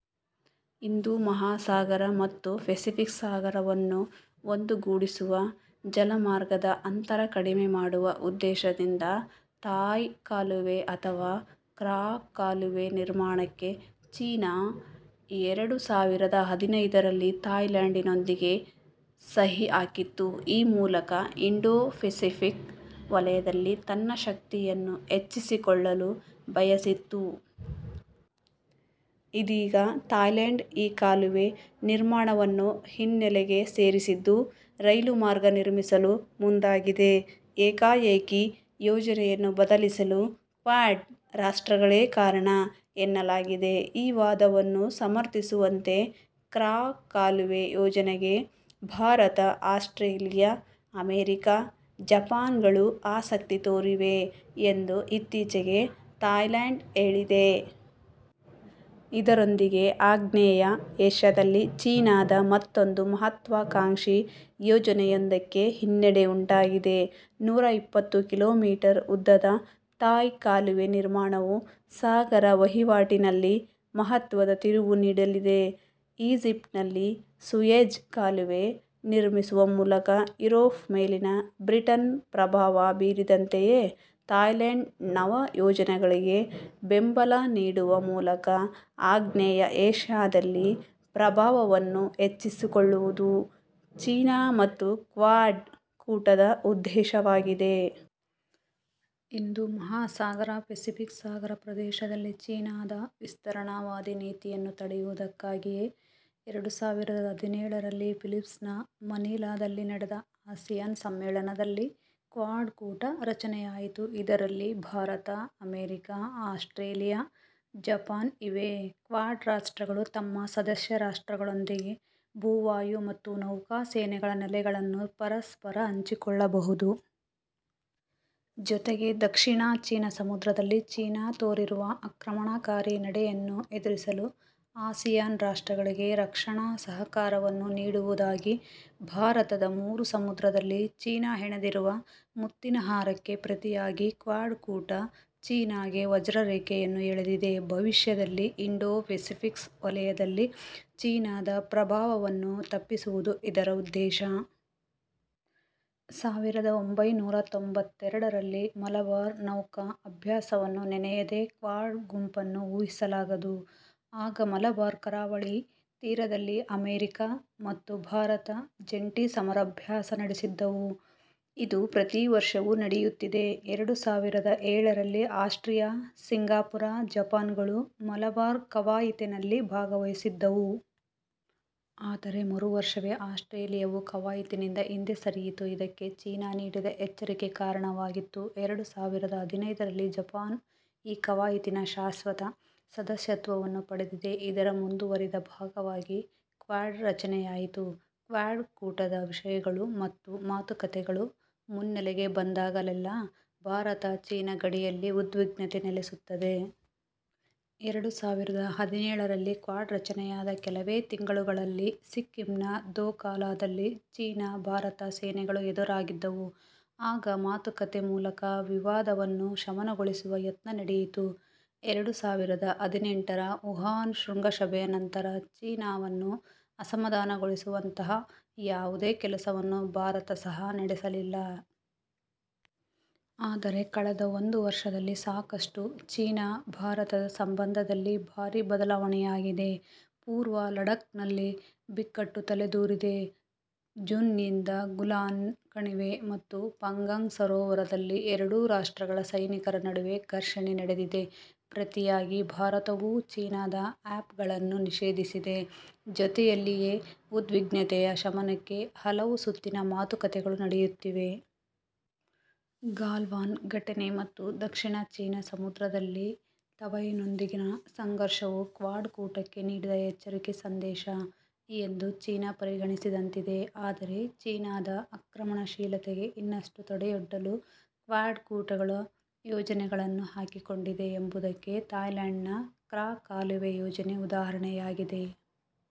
ಹಿಂದೂ ಮಹಾ ಸಾಗರ ಮತ್ತು ಪೆಸಿಫಿಕ್ ಸಾಗರವನ್ನು ಒಂದುಗೂಡಿಸುವ, ಜಲಮಾರ್ಗದ ಅಂತರ ಕಡಿಮೆ ಮಾಡುವ ಉದ್ದೇಶದಿಂದ ಥಾಯ್ ಕಾಲುವೆ ಅಥವಾ ಕ್ರಾ ಕಾಲುವೆ ನಿರ್ಮಾಣಕ್ಕೆ ಚೀನಾ ಎರಡು ಸಾವಿರದ ಹದಿನೈದರಲ್ಲಿ ಥಾಯ್ಲೆಂಡ್ನೊಂದಿಗೆ ಸಹಿ ಹಾಕಿತ್ತು. ಈ ಮೂಲಕ ಇಂಡೊ ಫೆಸಿಫಿಕ್ ವಲಯದಲ್ಲಿ ತನ್ನ ಶಕ್ತಿಯನ್ನು ಹೆಚ್ಚಿಸಿಕೊಳ್ಳಲು ಬಯಸಿತ್ತು. ಇದೀಗ ಥಾಯ್ಲೆಂಡ್ ಈ ಕಾಲುವೆ ನಿರ್ಮಾಣವನ್ನು ಹಿನ್ನೆಲೆಗೆ ಸರಿಸಿದ್ದು, ರೈಲು ಮಾರ್ಗ ನಿರ್ಮಿಸಲು ಮುಂದಾಗಿದೆ. ಏಕಾಏಕಿ ಯೋಜನೆಯನ್ನು ಬದಲಿಸಲು ಕ್ವಾಡ್ ರಾಷ್ಟ್ರಗಳೇ ಕಾರಣ ಎನ್ನಲಾಗಿದೆ. ಈ ವಾದವನ್ನು ಸಮರ್ಥಿಸುವಂತೆ ಕ್ರಾ ಕಾಲುವೆ ಯೋಜನೆಗೆ ಭಾರತ, ಆಸ್ಟ್ರೇಲಿಯಾ, ಅಮೆರಿಕ, ಜಪಾನ್ಗಳು ಆಸಕ್ತಿ ತೋರಿವೆ ಎಂದು ಇತ್ತೀಚೆಗೆ ಥಾಯ್ಲೆಂಡ್ ಹೇಳಿದೆ. ಇದರೊಂದಿಗೆ ಆಗ್ನೇಯ ಏಷ್ಯಾದಲ್ಲಿ ಚೀನಾದ ಮತ್ತೊಂದು ಮಹತ್ವಕಾಂಕ್ಷಿ ಯೋಜನೆಯೊಂದಕ್ಕೆ ಹಿನ್ನಡೆ ಉಂಟಾಗಿದೆ. ನೂರಾ ಇಪ್ಪತ್ತು ಕಿಲೋಮೀಟರ್ ಉದ್ದದ ಥಾಯ್ ಕಾಲುವೆ ನಿರ್ಮಾಣವು ಸಾಗರ ವಹಿವಾಟಿನಲ್ಲಿ ಮಹತ್ವದ ತಿರುವು ನೀಡಲಿದೆ. ಈಜಿಪ್ಟ್ನಲ್ಲಿ ಸೂಯೆಜ್ ಕಾಲುವೆ ನಿರ್ಮಿಸುವ ಮೂಲಕ ಯೂರೋಪ್ ಮೇಲೆ ಬ್ರಿಟನ್ ಪ್ರಭಾವ ಬೀರಿದಂತೆಯೇ ಥಾಯ್ಲೆಂಡ್ನ ನವ ಯೋಜನೆಗಳಿಗೆ ಬೆಂಬಲ ನೀಡುವ ಮೂಲಕ ಆಗ್ನೇಯ ಏಷ್ಯಾದಲ್ಲಿ ಪ್ರಭಾವವನ್ನು ಹೆಚ್ಚಿಸಿಕೊಳ್ಳುವುದು ಚೀನಾ ಮತ್ತು ಕ್ವಾಡ್ ಕೂಟದ ಉದ್ದೇಶವಾಗಿದೆ. ಹಿಂದೂ ಮಹಾಸಾಗರ ಪೆಸಿಫಿಕ್ ಸಾಗರ ಪ್ರದೇಶದಲ್ಲಿ ಚೀನಾದ ವಿಸ್ತರಣಾವಾದಿ ನೀತಿಯನ್ನು ತಡೆಯುವುದಕ್ಕಾಗಿಯೇ ಎರಡು ಸಾವಿರದ ಹದಿನೇಳರಲ್ಲಿ ಫಿಲಿಪ್ಪೀನ್ಸ್ನ ಮನಿಲಾದಲ್ಲಿ ನಡೆದ ಆಸಿಯಾನ್ ಸಮ್ಮೇಳನದಲ್ಲಿ ಕ್ವಾಡ್ ಕೂಟ ರಚನೆಯಾಯಿತು. ಇದರಲ್ಲಿ ಭಾರತ, ಅಮೆರಿಕ, ಆಸ್ಟ್ರೇಲಿಯಾ, ಜಪಾನ್ ಇವೆ. ಕ್ವಾಡ್ ರಾಷ್ಟಗಳು ತಮ್ಮ ಸದಸ್ಯ ರಾಷ್ಟ್ರಗಳೊಂದಿಗೆ ಭೂ, ವಾಯು ಮತ್ತು ನೌಕಾ ಸೇನೆಗಳ ನೆಲೆಗಳನ್ನು ಪರಸ್ಪರ ಹಂಚಿಕೊಳ್ಳಬಹುದು. ಜೊತೆಗೆ ದಕ್ಷಿಣ ಚೀನಾ ಸಮುದ್ರದಲ್ಲಿ ಚೀನಾ ತೋರಿರುವ ಆಕ್ರಮಣಕಾರಿ ನಡೆಯನ್ನು ಎದುರಿಸಲು ಆಸಿಯಾನ್ ರಾಷ್ಟ್ರಗಳಿಗೆ ರಕ್ಷಣಾ ಸಹಕಾರವನ್ನು ನೀಡುವುದಾಗಿದೆ. ಭಾರತದ ಮೂರು ಸಮುದ್ರದಲ್ಲಿ ಚೀನಾ ಹೆಣೆದಿರುವ ಮುತ್ತಿನ ಹಾರಕ್ಕೆ ಪ್ರತಿಯಾಗಿ ಕ್ವಾಡ್ ಕೂಟ ಚೀನಾಗೆ ವಜ್ರರೇಖೆಯನ್ನು ಎಳೆದಿದೆ. ಭವಿಷ್ಯದಲ್ಲಿ ಇಂಡೊ ಫೆಸಿಫಿಕ್ ವಲಯದಲ್ಲಿ ಚೀನಾದ ಪ್ರಭಾವವನ್ನು ತಪ್ಪಿಸುವುದು ಇದರ ಉದ್ದೇಶ. ಸಾವಿರದ ಒಂಬೈನೂರಾ ತೊಂಬತ್ತೆರಡರಲ್ಲಿ ಮಲಬಾರ್ ನೌಕಾ ಅಭ್ಯಾಸವನ್ನು ನೆನೆಯದೇ ಕ್ವಾಡ್ ಗುಂಪನ್ನು ಊಹಿಸಲಾಗದು. ಆಗ ಮಲಬಾರ್ ಕರಾವಳಿ ತೀರದಲ್ಲಿ ಅಮೆರಿಕ ಮತ್ತು ಭಾರತ ಜಂಟಿ ಸಮರಾಭ್ಯಾಸ ನಡೆಸಿದ್ದವು. ಇದು ಪ್ರತಿ ವರ್ಷವೂ ನಡೆಯುತ್ತಿದೆ. ಎರಡು ಸಾವಿರದ ಏಳರಲ್ಲಿ ಆಸ್ಟ್ರೇಲಿಯಾ, ಸಿಂಗಪುರ, ಜಪಾನ್ಗಳು ಮಲಬಾರ್ ಕವಾಯತಿನಲ್ಲಿ ಭಾಗವಹಿಸಿದ್ದವು. ಆದರೆ, ಮರುವರ್ಷವೇ ಆಸ್ಟ್ರೇಲಿಯಾವು ಕವಾಯತಿನಿಂದ ಹಿಂದೆ ಸರಿಯಿತು. ಇದಕ್ಕೆ ಚೀನಾ ನೀಡಿದ ಎಚ್ಚರಿಕೆ ಕಾರಣವಾಗಿತ್ತು. ಎರಡು ಸಾವಿರದ ಹದಿನೈದರಲ್ಲಿ ಜಪಾನ್ ಈ ಕವಾಯತಿನ ಶಾಶ್ವತ ಸದಸ್ಯತ್ವ ಪಡೆದಿದೆ. ಇದರ ಮುಂದುವರಿದ ಭಾಗವಾಗಿ ಕ್ವಾಡ್ ರಚನೆಯಾಯಿತು. ಕ್ವಾಡ್ ಕೂಟದ ವಿಷಯಗಳು ಮತ್ತು ಮಾತುಕತೆಗಳು ಮುನ್ನೆಲೆಗೆ ಬಂದಾಗಲೆಲ್ಲ ಭಾರತ ಚೀನಾ ಗಡಿಯಲ್ಲಿ ಉದ್ವಿಗ್ನತೆ ನೆಲೆಸುತ್ತದೆ. ಎರಡು ಸಾವಿರದ ಹದಿನೇಳರಲ್ಲಿ ಕ್ವಾಡ್ ರಚನೆಯಾದ ಕೆಲವೇ ತಿಂಗಳುಗಳಲ್ಲಿ ಸಿಕ್ಕಿಂನ ದೋಕಲಾದಲ್ಲಿ ಚೀನಾ ಭಾರತ ಸೇನೆಗಳು ಎದುರಾಗಿದ್ದವು. ಆಗ ಮಾತುಕತೆ ಮೂಲಕ ವಿವಾದವನ್ನು ಶಮನಗೊಳಿಸುವ ಯತ್ನ ನಡೆಯಿತು. ಎರಡು ಸಾವಿರದ ಹದಿನೆಂಟರ ವುಹಾನ್ ಶೃಂಗಸಭೆಯ ನಂತರ ಚೀನಾವನ್ನು ಅಸಮಾಧಾನಗೊಳಿಸುವಂತಹ ಯಾವುದೇ ಕೆಲಸವನ್ನು ಭಾರತ ಸಹ ನಡೆಸಿರಲಿಲ್ಲ. ಆದರೆ, ಕಳೆದ ಒಂದು ವರ್ಷದಲ್ಲಿ ಸಾಕಷ್ಟು ಚೀನಾ ಭಾರತದ ಸಂಬಂಧದಲ್ಲಿ ಭಾರಿ ಬದಲಾವಣೆಯಾಗಿದೆ. ಪೂರ್ವ ಲಡಾಖ್ನಲ್ಲಿ ಬಿಕ್ಕಟ್ಟು ತಲೆದೂರಿದೆ. ಜೂನ್ನಿಂದ ಗಾಲ್ವಾನ್ ಕಣಿವೆ ಮತ್ತು ಪಾಂಗಾಂಗ್ ಸರೋವರದಲ್ಲಿ ಎರಡೂ ರಾಷ್ಟ್ರಗಳ ಸೈನಿಕರ ನಡುವೆ ಘರ್ಷಣೆ ನಡೆದಿದೆ. ಪ್ರತಿಯಾಗಿ ಭಾರತವೂ ಚೀನಾದ ಆ್ಯಪ್ಗಳನ್ನು ನಿಷೇಧಿಸಿದೆ. ಜೊತೆಯಲ್ಲಿಯೇ ಉದ್ವಿಗ್ನತೆಯ ಶಮನಕ್ಕೆ ಹಲವು ಸುತ್ತಿನ ಮಾತುಕತೆಗಳು ನಡೆಯುತ್ತಿವೆ. ಗಾಲ್ವಾನ್ ಘಟನೆ ಮತ್ತು ದಕ್ಷಿಣ ಚೀನಾ ಸಮುದ್ರದಲ್ಲಿ ತೈವಾನ್ನೊಂದಿಗಿನ ಸಂಘರ್ಷವೂ ಕ್ವಾಡ್ ಕೂಟಕ್ಕೆ ನೀಡಿದ ಎಚ್ಚರಿಕೆ ಸಂದೇಶ ಎಂದು ಚೀನಾ ಪರಿಗಣಿಸಿದಂತಿದೆ. ಆದರೆ, ಚೀನಾದ ಆಕ್ರಮಣಶೀಲತೆಗೆ ಇನ್ನಷ್ಟು ತಡೆಯೊಡ್ಡಲು ಕ್ವಾಡ್ ಕೂಟ ಯೋಜನೆಗಳನ್ನು ಹಾಕಿಕೊಂಡಿದೆ ಎಂಬುದಕ್ಕೆ ಥಾಯ್ಲೆಂಡ್ನ ಕ್ರಾ ಕಾಲುವೆ ಯೋಜನೆ ಉದಾಹರಣೆಯಾಗಿದೆ.